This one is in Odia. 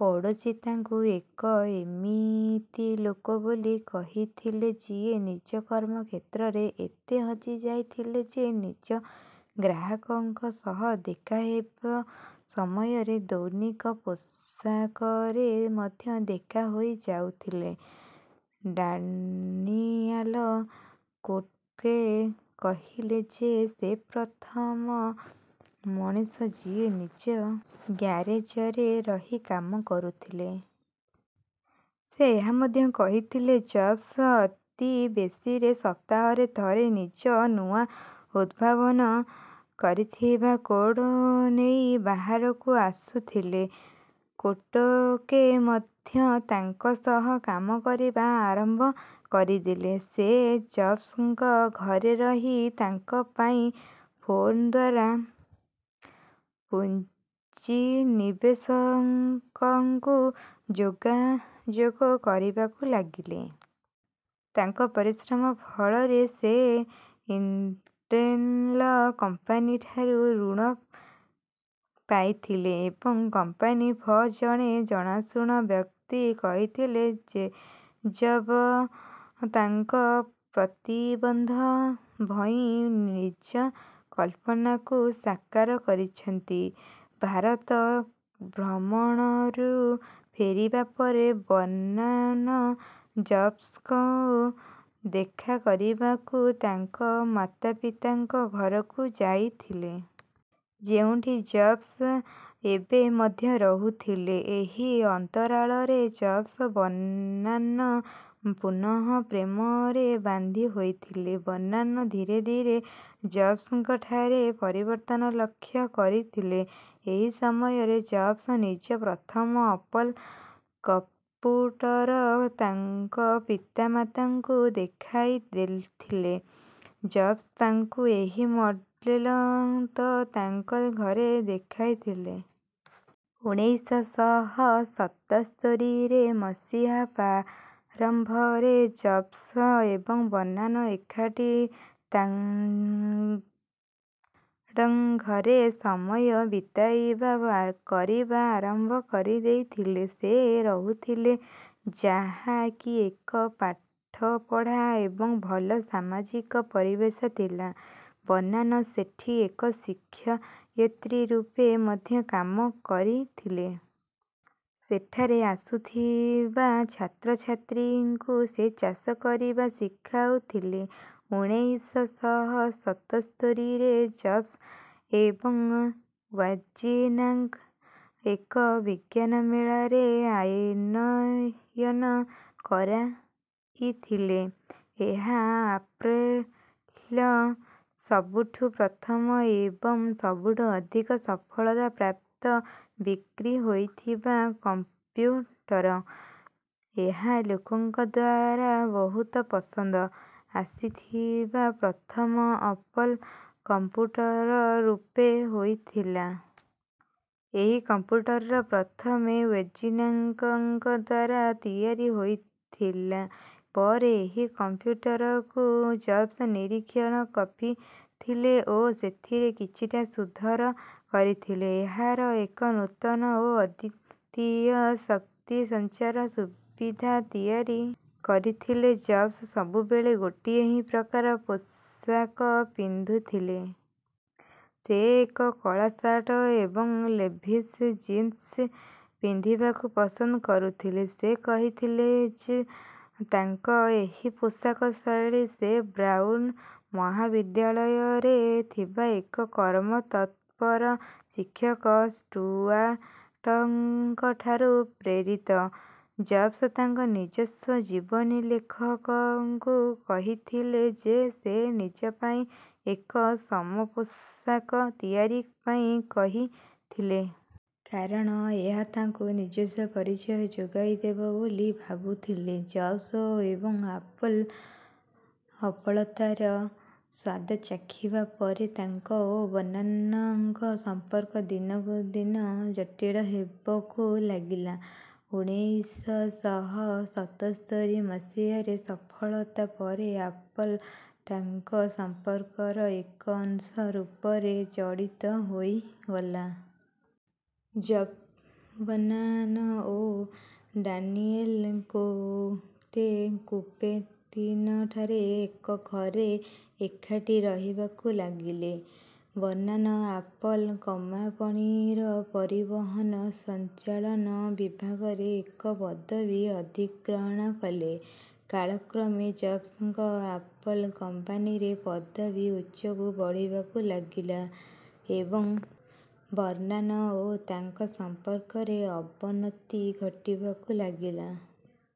ପଡୋଶୀ ତାଙ୍କୁ ଏକ ଏମିତି ଲୋକ ବୋଲି କହିଥିଲେଯିଏ ନିଜ କର୍ମ କ୍ଷେତ୍ରରେ ଏତେ ହଜିଯାଇଥିଲେ ଯେ ନିଜ ଗ୍ରାହକଙ୍କ ସହ ଦେଖା ହେବ ସମୟରେ ଦୈନିକ ପୋଷାକରେ ମଧ୍ୟ ଦେଖା ହୋଇ ଯାଉଥିଲେ। ଡାନିଆଲ କୋଟ୍କେ କହିଲେ ଯେ ସେ ପ୍ରଥମ ମଣିଷ ଯିଏ ନିଜ ଗ୍ୟାରେଜରେ ରହି କାମ କରୁଥିଲେ। ସେ ଏହା ମଧ୍ୟ କହିଥିଲେ ଜବ୍ସ ଅତି ବେଶିରେ ସପ୍ତାହରେ ଥରେ ନିଜ ନୂଆ ଉଦ୍ଭାବନ କରିଥିବା କୋଡ ନେଇ ବାହାରକୁ ଆସୁଥିଲେ। କୋଟକେ ମଧ୍ୟ ତାଙ୍କ ସହ କାମ କରିବା ଆରମ୍ଭ କରିଦେଲେ। ସେ ଜବ୍ସଙ୍କ ଘରେ ରହି ତାଙ୍କ ପାଇଁ ଫୋନଦ୍ୱାରା ପୁଞ୍ଜିନିବେଷକଙ୍କୁ ଯୋଗାଯୋଗ କରିବାକୁ ଲାଗିଲେ। ତାଙ୍କ ପରିଶ୍ରମ ଫଳରେ ସେ ଇଣ୍ଟେଲ କମ୍ପାନୀ ଠାରୁ ଋଣ ପାଇଥିଲେ। ଏବଂ କମ୍ପାନୀ ଫ ଜଣେ ଜଣାଶୁଣା ବ୍ୟକ୍ତି କହିଥିଲେ ଯେଜବ୍ସ ତାଙ୍କ ପ୍ରତିବନ୍ଧ ଭହିଁ ନିଜ କଳ୍ପନାକୁ ସାକାର କରିଛନ୍ତି। ଭାରତ ଭ୍ରମଣରୁ ଫେରିବା ପରେ ବର୍ନାନ ଜବ୍ସ ଦେଖା କରିବାକୁ ତାଙ୍କ ମତାପିତାଙ୍କ ଘରକୁ ଯାଇଥିଲେ। ଯେଉଁଠି ଜବ୍ସ ଏବେ ମଧ୍ୟ ରହୁଥିଲେ। ଏହି ଅନ୍ତରାଳରେ ଜବ୍ସ ବର୍ନାନ ପୁନଃ ପ୍ରେମରେ ବାନ୍ଧି ହୋଇଥିଲେ। ବର୍ନାନ ଧୀରେ ଧୀରେ ଜବ୍ସଙ୍କଠାରେ ପରିବର୍ତ୍ତନ ଲକ୍ଷ କରିଥିଲେ। ଏହି ସମୟରେ ଜବ୍ସ ନିଜ ପ୍ରଥମ ଅପଲ୍ କଂପୁଟର ତାଙ୍କ ପିତା ମାତାଙ୍କୁ ଦେଖାଇଥିଲେ। ଜବ୍ସ ତାଙ୍କୁ ଏହି ମଡେଲ ତ ତାଙ୍କ ଘରେ ଦେଖାଇଥିଲେ। ଉଣେଇଶ ଶହ ସତସ୍ତରୀରେ ମସିହା ପ୍ରାରମ୍ଭରେ ଜବ୍ସ ଏବଂ ବର୍ନାନ ଏକାଠି ତାଙ ଘରେ ସମୟ ବିତାଇବା କରିବା ଆରମ୍ଭ କରିଦେଇଥିଲେ। ସେ ରହୁଥିଲେ ଯାହା କି ଏକ ପାଠପଢ଼ା ଏବଂ ଭଲ ସାମାଜିକ ପରିବେଶ ଥିଲା। ବର୍ନାନ ସେଠୀ ଏକ ଶିକ୍ଷୟତ୍ରୀ ରୂପେ ମଧ୍ୟ କାମ କରିଥିଲେ। ସେଠାରେ ଆସୁଥିବା ଛାତ୍ରଛାତ୍ରୀଙ୍କୁ ସେ ଚାଷ କରିବା ଶିଖାଉଥିଲେ। ଉଣେଇଶ ଶହ ସତସ୍ତରୀରେ ଜବ୍ସ ଏବଂ ୱଜିନାକ ଏକ ବିଜ୍ଞାନମେଳାରେ ଆନୟନ କରାଇଥିଲେ। ଏହା ଆପଲ୍ର ସବୁଠୁ ପ୍ରଥମ ଏବଂ ସବୁଠୁ ଅଧିକ ସଫଳତା ପ୍ରାପ୍ତ ବିକ୍ରି ହୋଇଥିବା କମ୍ପୁଟର । ଏହା ଲୋକଙ୍କଦ୍ୱାରା ବହୁତ ପସନ୍ଦ ଆସିଥିବା ପ୍ରଥମ ଅପଲ୍ କମ୍ପୁଟର ରୂପେ ହୋଇଥିଲା। ଏହି କମ୍ପୁଟର ପ୍ରଥମେ ୱଜିନାଙ୍କଙ୍କଦ୍ୱାରା ତିଆରି ହୋଇଥିଲା। ପରେ ଏହି କମ୍ପୁଟରକୁ ଜବ୍ସ ନିରୀକ୍ଷଣ କଫିଥିଲେ ଓ ସେଥିରେ କିଛିଟା ସୁଧର କରିଥିଲେ। ଏହାର ଏକ ନୂତନ ଓ ଅଦ୍ୟିତୀୟ ଶକ୍ତି ସଂଚାର ସୁବିଧା ତିଆରି କରିଥିଲେ ଜବ୍ସ ସବୁ ବେଳେ ଗୋଟିଏ ହିଁ ପ୍ରକାର ପୋଷାକ ପିନ୍ଧୁଥିଲେ। ସେ ଏକ କଳା ସାର୍ଟ ଏବଂ ଲେଭିସ ଜିନ୍ସ ପିନ୍ଧିବାକୁ ପସନ୍ଦ କରୁଥଲେ। ସେ କହିଥିଲେ ଯ୍ ତାଙ୍କ ଏହି ପୋଷାକ ଶୈଳୀ ସେ ବ୍ରାଉନ ମହାବିଦ୍ୟାଳୟରେ ଥିବା ଏକ କର୍ମ ତତ୍ପର ଶିକ୍ଷକ ଷ୍ଟୁଆର୍ଟଙ୍କ ଠାରୁ ପ୍ରେରିିତ। ଜବ୍ସ ତାଙ୍କ ନିଜସ୍ୱ ଜୀବନୀଲେଖକଙ୍କୁ କହିଥିଲେ ଯେ ସେ ନିଜ ପାଇଁ ଏକ ସମପୋଷାକ ତିଆରି ପାଇଁ କହିଥିଲେ। କାରଣ ଏହା ତାଙ୍କୁ ନିଜସ୍ୱ ପରିଚୟ ଯୋଗାଇ ଦେବ ବୋଲି ଭାବୁଥିଲେ। ଜବ୍ସ ଏବଂ ଆପଲ୍ ସଫଳତାର ସ୍ୱାଦ ଚାଖିବା ପରେତାଙ୍କ ଓ ବର୍ନାନଙ୍କ ସମ୍ପର୍କ ଦିନକୁ ଦିନ ଜଟିଳ ହେବକୁ ଲାଗିଲା। ଉଣେଇଶ ଶହ ସତସ୍ତରୀ ମସିହାରେ ସଫଳତା ପରେ ଆପଲ୍ ତାଙ୍କ ସମ୍ପର୍କର ଏକ ଅଂଶ ରୂପରେ ଜଡ଼ିତ ହୋଇ ଗଲା। ଜବ୍ସବର୍ନାନ ଓ ଡାନିଏଲ କୋଟ୍ କୁପେର୍ଟିନଠାରେ ଏକ ଘରେ ଏକାଠି ରହିବାକୁ ଲାଗିଲେ। ବର୍ନାନ ଆପଲ୍ କମାପଣିର ପରିବହନ ସଂଚାଳନ ବିଭାଗରେ ଏକ ପଦବୀ ଅଧିଗ୍ରହଣ କଲେ। କାଳ କ୍ରମେ ଜବ୍ସଙ୍କ ଆପଲ୍ କମ୍ପାନୀରେ ପଦବୀ ଉଚ୍ଚକୁ ବଢ଼ିବାକୁ ଲାଗିଲା ଏବଂ ବର୍ନାନ ଓ ତାଙ୍କ ସମ୍ପର୍କରେ ଅବନତି ଘଟିବାକୁ ଲାଗିଲା।